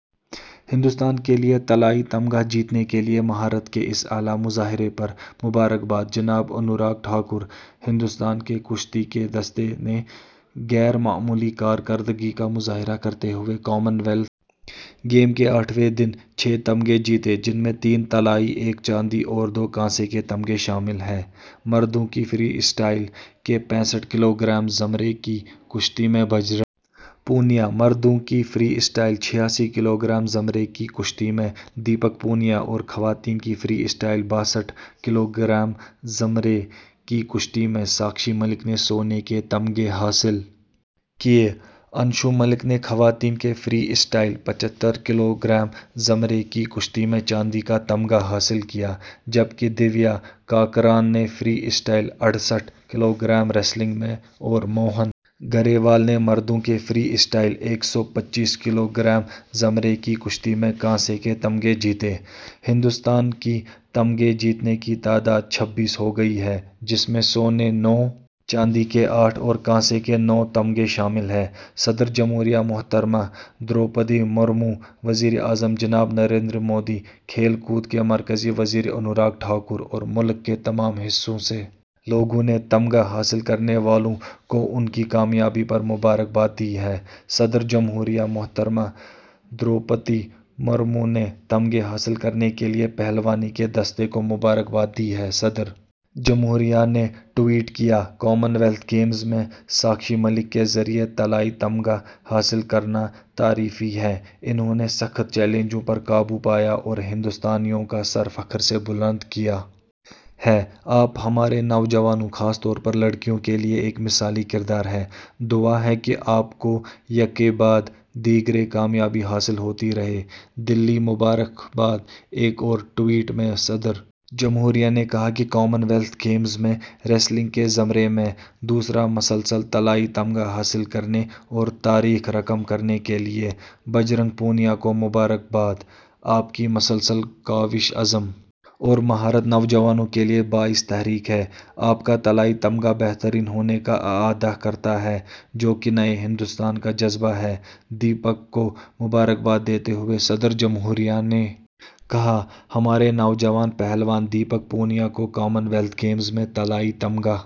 ہندوستان کے لیے طلائی تمغہ جیتنے کے لیے مہارت کے اس اعلی مظاہرے پر مبارکباد جناب انوراگ ٹھاکر ہندوستان کے کشتی کے دستے نے غیر معمولی کارکردگی کا مظاہرہ کرتے ہوئے کامن ویلتھ گیم کے آٹھویں دن چھ تمغے جیتے جن میں تین طلائی ایک چاندی اور دو کانسے کے تمغے شامل ہیں مردوں کی فری اسٹائل کے پینسٹھ کلو گرام زمرے کی کشتی میں بجرنگ پونیا مردوں کی فری اسٹائل چھیاسی کلو گرام زمرے کی کشتی میں دیپک پونیا اور خواتین کی فری اسٹائل باسٹھ کلو گرام زمرے کی کشتی میں ساکشی ملک نے سونے کے تمغے حاصل کیے انشو ملک نے خواتین کے فری اسٹائل پچھتر کلو گرام زمرے کی کشتی میں چاندی کا تمغہ حاصل کیا جبکہ دیویا کاکران نے فری اسٹائل اڑسٹھ کلو گرام ریسلنگ میں اور موہن گریوال نے مردوں کے فری اسٹائل ایک سو پچیس کلو گرام زمرے کی کشتی میں کانسے کے تمغے جیتے ہندوستان کی تمغے جیتنے کی تعداد چھبیس ہو گئی ہے جس میں سونے نو چاندی کے آٹھ اور کانسے کے نو تمغے شامل ہیں صدر جمہوریہ محترمہ دروپدی مرمو وزیر اعظم جناب نریندر مودی کھیل کود کے مرکزی وزیر انوراگ ٹھاکر اور ملک کے تمام حصوں سے لوگوں نے تمغہ حاصل کرنے والوں کو ان کی کامیابی پر مبارکباد دی ہے صدر جمہوریہ محترمہ دروپدی مرمو نے تمغے حاصل کرنے کے لیے پہلوانی کے دستے کو مبارکباد دی ہے صدر جمہوریہ نے ٹوئٹ کیا کامن ویلتھ گیمز میں ساکشی ملک کے ذریعے طلائی تمغہ حاصل کرنا تعریفی ہے انہوں نے سخت چیلنجوں پر قابو پایا اور ہندوستانیوں کا سر فخر سے بلند کیا ہے آپ ہمارے نوجوانوں خاص طور پر لڑکیوں کے لیے ایک مثالی کردار ہیں دعا ہے کہ آپ کو یکے بعد دیگرے کامیابی حاصل ہوتی رہے دلی مبارکباد ایک اور ٹوئٹ میں صدر جمہوریہ نے کہا کہ کامن ویلتھ گیمز میں ریسلنگ کے زمرے میں دوسرا مسلسل طلائی تمغہ حاصل کرنے اور تاریخ رقم کرنے کے لیے بجرنگ پونیا کو مبارکباد آپ کی مسلسل کاوش عزم اور مہارت نوجوانوں کے لیے باعث تحریک ہے آپ کا طلائی تمغہ بہترین ہونے کا اعادہ کرتا ہے جو کہ نئے ہندوستان کا جذبہ ہے دیپک کو مبارکباد دیتے ہوئے صدر جمہوریہ نے کہا ہمارے نوجوان پہلوان دیپک پونیا کو کامن ویلتھ گیمز میں طلائی تمغہ